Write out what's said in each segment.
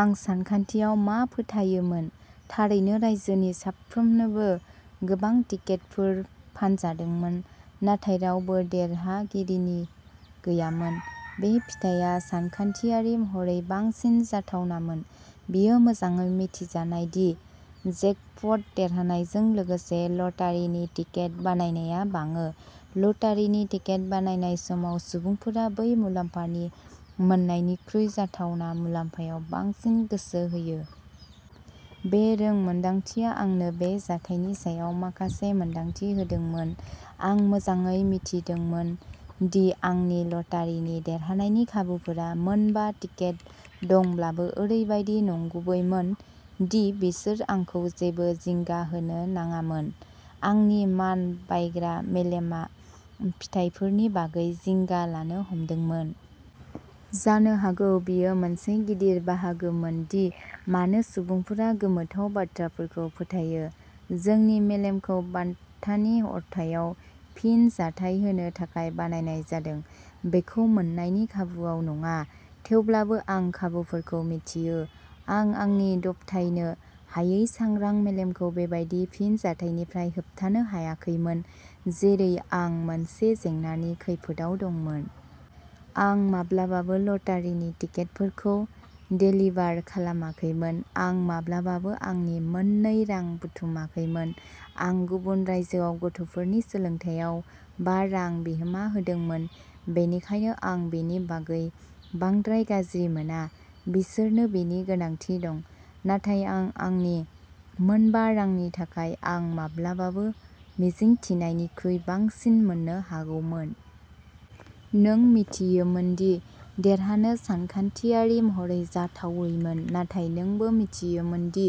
आं सानखान्थियाव मा फोथायोमोन? थारैनो, रायजोनि साफ्रोमनोबो गोबां टिकेटफोर फानजादोंमोन, नाथाय रावबो देरहागिरिनि गैयामोन। बे फिथाया सानखान्थियारि महरै बांसिन जाथावनामोन। बेयो मोजाङै मिथिजानाय दि जेकप'ट देरनायजों लोगोसे ल'टारिनि टिकेट बायनाया बाङो। ल'टारिनि टिकेट बायनाय समाव, सुबुंफोरा बै मुलाम्फानि मोन्नायनिख्रुइ जाथावना मुलाम्फायाव बांसिन गोसो होयो। बे रोंमोनदांथिया आंनो बे जाथायनि सायाव माखासे मोनदांथि होदोंमोन। आं मोजाङै मिथिदोंमोन दि आंनि ल'टारिनि देरहानायनि खाबुफोरा मोनबा टिकेट दंब्लाबो ओरैबायदि नंगुबैमोन दि बिसोर आंखौ जेबो जिंगा होनो नाङामोन, आंनि मानबायग्रा मेलेमआ फिथायफोरनि बागै जिंगा लानो हमदोंमोन। जानो हागौ बेयो मोनसे गिदिर बाहागोमोन दि मानो सुबुंफोरा गोमोथाव बाथ्राफोरखौ फोथायो। जोंनि मेलेमखौ बान्थानि अरथाइआव फिनजाथाय होनो थाखाय बानायनाय जादों, बेखौ मोननायनि खाबुवाव नङा। थेवब्लाबो आं खाबुफोरखौ मिथियो, आं आंनि दबथायनो हायै सांग्रां मेलेमखौ बेबादि फिनजाथायनिफ्राय होबथानो हायाखैमोन जेरै आं मोनसे जेंनानि खैफोदआव दंमोन। आं माब्लाबाबो लटारिनि टिकेटफोरखौ देलिभार खालामाखैमोन। आं माब्लाबाबो आंनि मोन्नै रां बुथुमाखैमोन। आं गुबुन रायजोआव गथ'फोरनि सोलोंथायाव बा रां बिहोमा होदोंमोन, बेनिखायनो आं बेनि बागै बांद्राय गाज्रि मोना। बिसोरनो बेनि गोनांथि दं। नाथाय आं आंनि मोनबा रांनि थाखाय आं माब्लाबाबो मिजिंथिनायनिख्रुइ बांसिन मोन्नो हागौमोन। नों मिथियोमोन दि देरहानो सानखान्थियारि महरै जाथावैमोन नाथाय नोंबो मिथियोमोन दि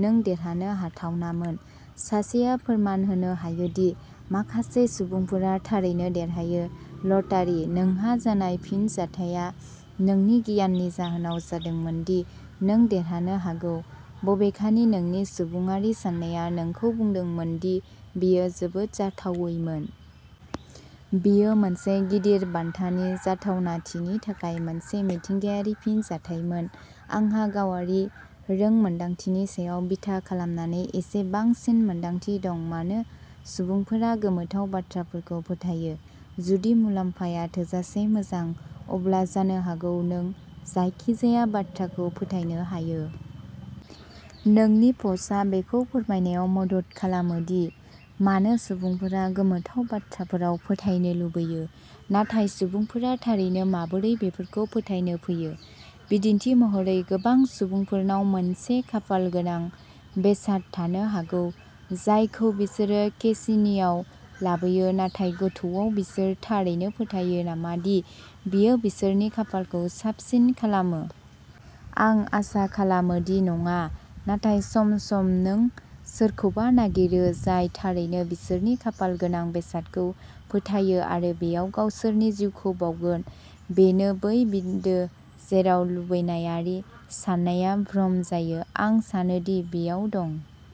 नों देरहानो हाथावनामोन। सासेया फोरमान होनो हायोदि माखासे सुबुंफोरा थारैनो देरहायो। ल'टारी। नोंहा जानाय फिनजाथाया नोंनि गियाननि जाहोनाव जादोंमोन दि नों देरहानो हागौ, बबेखानि नोंनि सुबुङारि साननाया नोंखौ बुंदोंमोन दि बेयो जोबोद जाथावैमोन। बेयो मोनसे गिदिर बान्थानि जाथावनाथिनि थाखाय मोनसे मिथिंगायारि फिनजाथायमोन। आंहा गावारि रोंमोन्दांथिनि सायाव बिथा खालामनानै एसे बांसिन मोनदांथि दं, मानो सुबुंफोरा गोमोथाव बाथ्राफोरखौ फोथायो। जुदि मुलामफाया थोजासे मोजां, अब्ला जानो हागौ नों जायखिजाया बाथ्राखौ फोथायनो हायो। नोंनि पस्टआ बेखौ फोरमायनायाव मदद खालामो दि मानो सुबुंफोरा गोमोथाव बाथ्राफोराव फोथायनो लुबैयो, नाथाय सुबुंफोरा थारैनो माबोरै बेफोरखौ फोथायनो फैयो? बिदिन्थि महरै, गोबां सुबुंफोरनाव मोनसे "खाफालगोनां" बेसाद थानो हागौ जायखौ बिसोरो केसिनोआव लाबोयो, नाथाय गोथौआव बिसोर थारैनो फोथायो नामा दि बेयो बिसोरनि खाफालखौ साबसिन खालामो? आं आसा खालामो दि नङा। नाथाय सम-सम नों सोरखौबा नागिरो जाय थारैनो बिसोरनि खाफालगोनां बेसादखौ फोथायो आरो बेयाव गावसोरनि जिउखौ बावगोन। बेनो बै बिन्दो जेराव लुबैनायारि साननाया भ्रम जायो। आं सानो दि बेयाव दं।